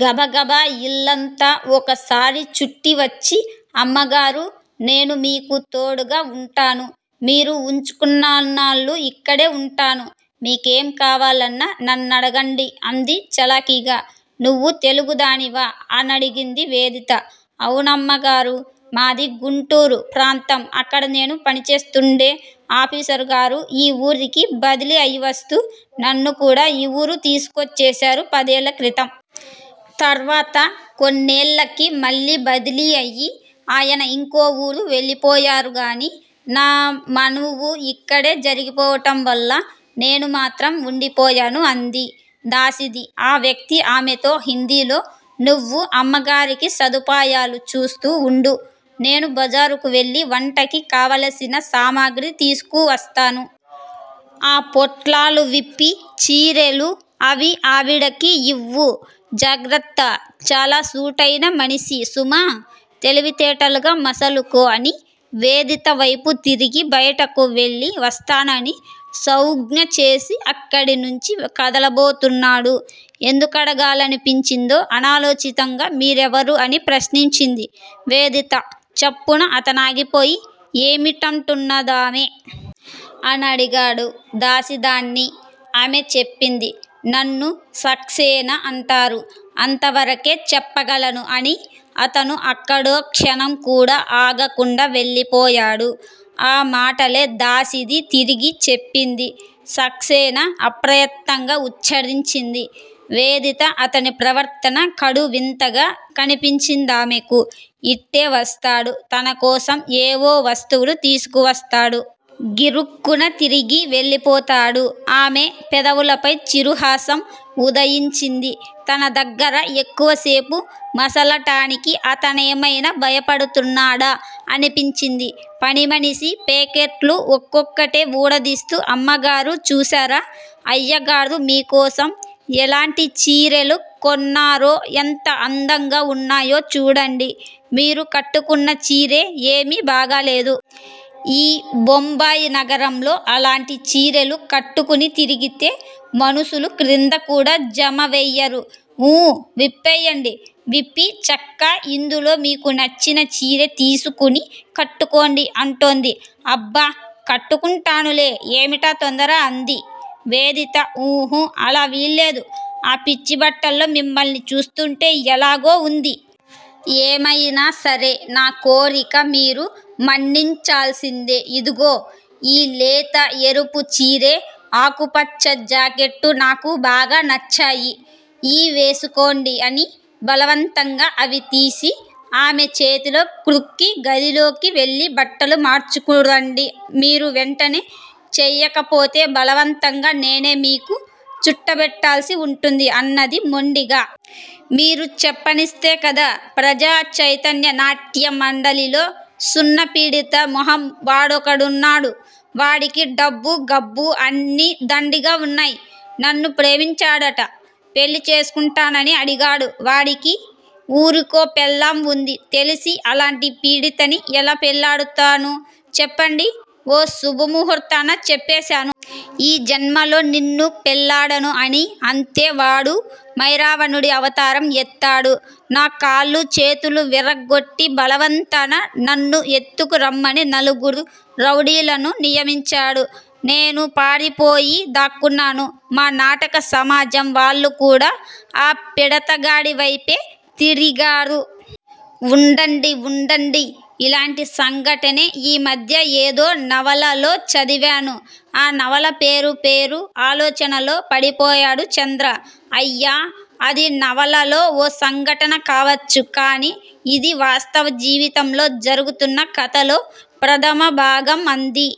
గబగబ యిల్లంతా వొకసారి చుట్టివచ్చి అమ్మగారూ! నేను మీకు తోడుగా వుంటాను. మీరు వుంచుకున్నన్నాళ్ళూ యిక్కడే వుంటాను. మీకేం కావాలన్నా నన్నడగండి అంది చలాకీగా. నువ్వు తెలుగుదానివా? అనడిగింది వేదిత. అవునమ్మగారూ! మాది గుంటూరు ప్రాంతం. అక్కడ నేను పనిచేస్తూండే అఫీసరుగారు యీ వూరికి బదిలీ అయివస్తూ నన్నుకూడా ఈ ఊరు తీసుకొచ్చేశారు పదేళ్ళక్రితం. తర్వాత కొన్నేళ్ళకి మళ్ళీ బదిలీ అయి ఆయన యింకో ఊరు వెళ్ళిపోయారుగానీ, నా మనువు యిక్కడే జరిగిపోవటం వల్ల నేను మాత్రం వుండిపోయాను అంది దాసీది. ఆ వ్యక్తి ఆమెతో హిందీలో నువ్వు అమ్మగారికి సదుపాయాలు చూస్తూ వుండు. నేను బజారుకు వెళ్ళి వంటకి కావలసిన సామగ్రి తీసుకువస్తాను. ఆ పొట్లాలు విప్పి చీరెలూ అవీ ఆవిడకి యివ్వు. జాగ్రత్త! చాలా సూటైన మనిషి సుమా. తెలివితేటలుగా మసలుకో అని వేదిత వైపు తిరిగి బయటకు వెళ్ళి వస్తాను అని సౌంజ్ఞచేసి అక్కడినుంచి కదలబోతున్నాడు. ఎందుకడగాలనిపించిందో అనాలోచింతగా మీరెవరు? అని ప్రశ్నించింది వేదిత చప్పున. అతనాగిపోయి ఏమిటంటున్న దామె? అనడిగాడు దాసీదాన్ని. ఆమె చెప్పింది. నన్ను సక్సేనా అంటారు. అంతవరకే చెప్పగలను అని అతను అక్కడో క్షణంకూడా ఆగకుండా వెళ్ళిపోయాడు. ఆ మాటలే దాసీది తిరిగి చెప్పింది. సక్సేనా అప్రయత్నంగా ఉచ్చరించింది వేదిత. అతని ప్రవర్తన కడు వింతగా కనిపించిందామెకు. ఇట్టే వస్తాడు, తనకోసం ఏవో వస్తువులు తీసుకువస్తాడు. గిరుక్కున తిరిగి వెళ్ళిపోతాడు. ఆమె పెదవులపై చిరుహాసం వుదయించింది. తన దగ్గర ఎక్కువసేపు మసలటానికి అతనేమైనా భయపడుతున్నాడా అనిపించింది. పనిమనిషి పేకెట్లు వొక్కొక్కటే ఊడదీస్తూ, అమ్మగారూ, చూశారా! అయ్యగారు మీకోసం యెలాంటి చీరెలు కొన్నారో! ఎంత అందంగా వున్నాయో చూడండి. మీరు కట్టుకున్న చీరె యేమీ బాగాలేదు. ఈ బొంబాయి నగరంలో అలాంటి చీరెలు కట్టుకుని తిరిగితే మనుషులు క్రిందకూడా జమవెయ్యరు. ఊఁ విప్పెయ్యండి. విప్పి చక్కా ఇందులో మీకు నచ్చిన చీరె తీసుకుని కట్టుకోండి అంటోంది. అబ్బ కట్టుకుంటానులే! ఏమిటా తొందర అంది వేదిత. ఉహూ! అలా వీల్లేదు. ఆ పిచ్చిబట్టల్లో మిమ్మల్ని చూస్తుంటే యెలాగో వుంది. ఏమయినా సరే నా కోరిక మీరు మన్నించాల్సిందే. ఇదుగో! ఈ లేత ఎరుపు చీరె, ఆకుపచ్చ జాకెట్టూ నాకు బాగా నచ్చాయి. ఈఁ వేసుకోండి అని బలవంతంగా అవి తీసి ఆమె చేతిలో క్రుక్కి గదిలోకి వెళ్ళి బట్టలు మార్చుకు రండి, మీరు వెంటనే చెయ్యకపోతే బలవంతంగా నేనే మీకు చుట్టబెట్టాల్సి ఉంటుంది అన్నది మొండిగా. మీరు చెప్పనిస్తే కదా? ప్రజాచైతన్య నాట్యమండలిలో సున్న పిడత మొహం వాడొకడున్నాడు. వాడికి డబ్బు గబ్బు అన్నీ దండిగా వున్నాయ్. నన్ను ప్రేమించాడుట. పెళ్ళి చేసుకుంటానని అడిగాడు. వాడికి ఊరికో పెళ్ళాం వుంది. తెలిసి అలాంటి పిడతని ఎలా పెళ్ళాడుతను. చెప్పండి? ఓ శుభముహూర్తాన చెప్పేశాను. ఈ జన్మలో నిన్ను పెళ్లాడను అని. అంతే వాడు మైరావణుడి అవతారం ఎత్తాడు. నా కాళ్ళూ చేతులూ విరగొట్టి బలవంతాన నన్ను ఎత్తుకు రమ్మని నలుగురు రౌడీలను నియమించాడు. నేను పారిపోయి దాక్కున్నాను. మా నాటక సమాజం వాళ్ళు కూడా ఆ పిడతగాడి వైపే తిరిగారు. వుండండి వుండండి ఇలాంటి సంఘటనే ఈ మధ్య ఏదో నవలలో చదివాను. ఆ నవల పేరు పేరు! ఆలోచనలో పడిపోయాడు చంద్ర. అయ్యా అది నవలలో ఓ సంఘటన కావచ్చు. కాని యిది వాస్తవ జీవితంలో జరుగుతున్న కథలో ప్రధమభాగం అంది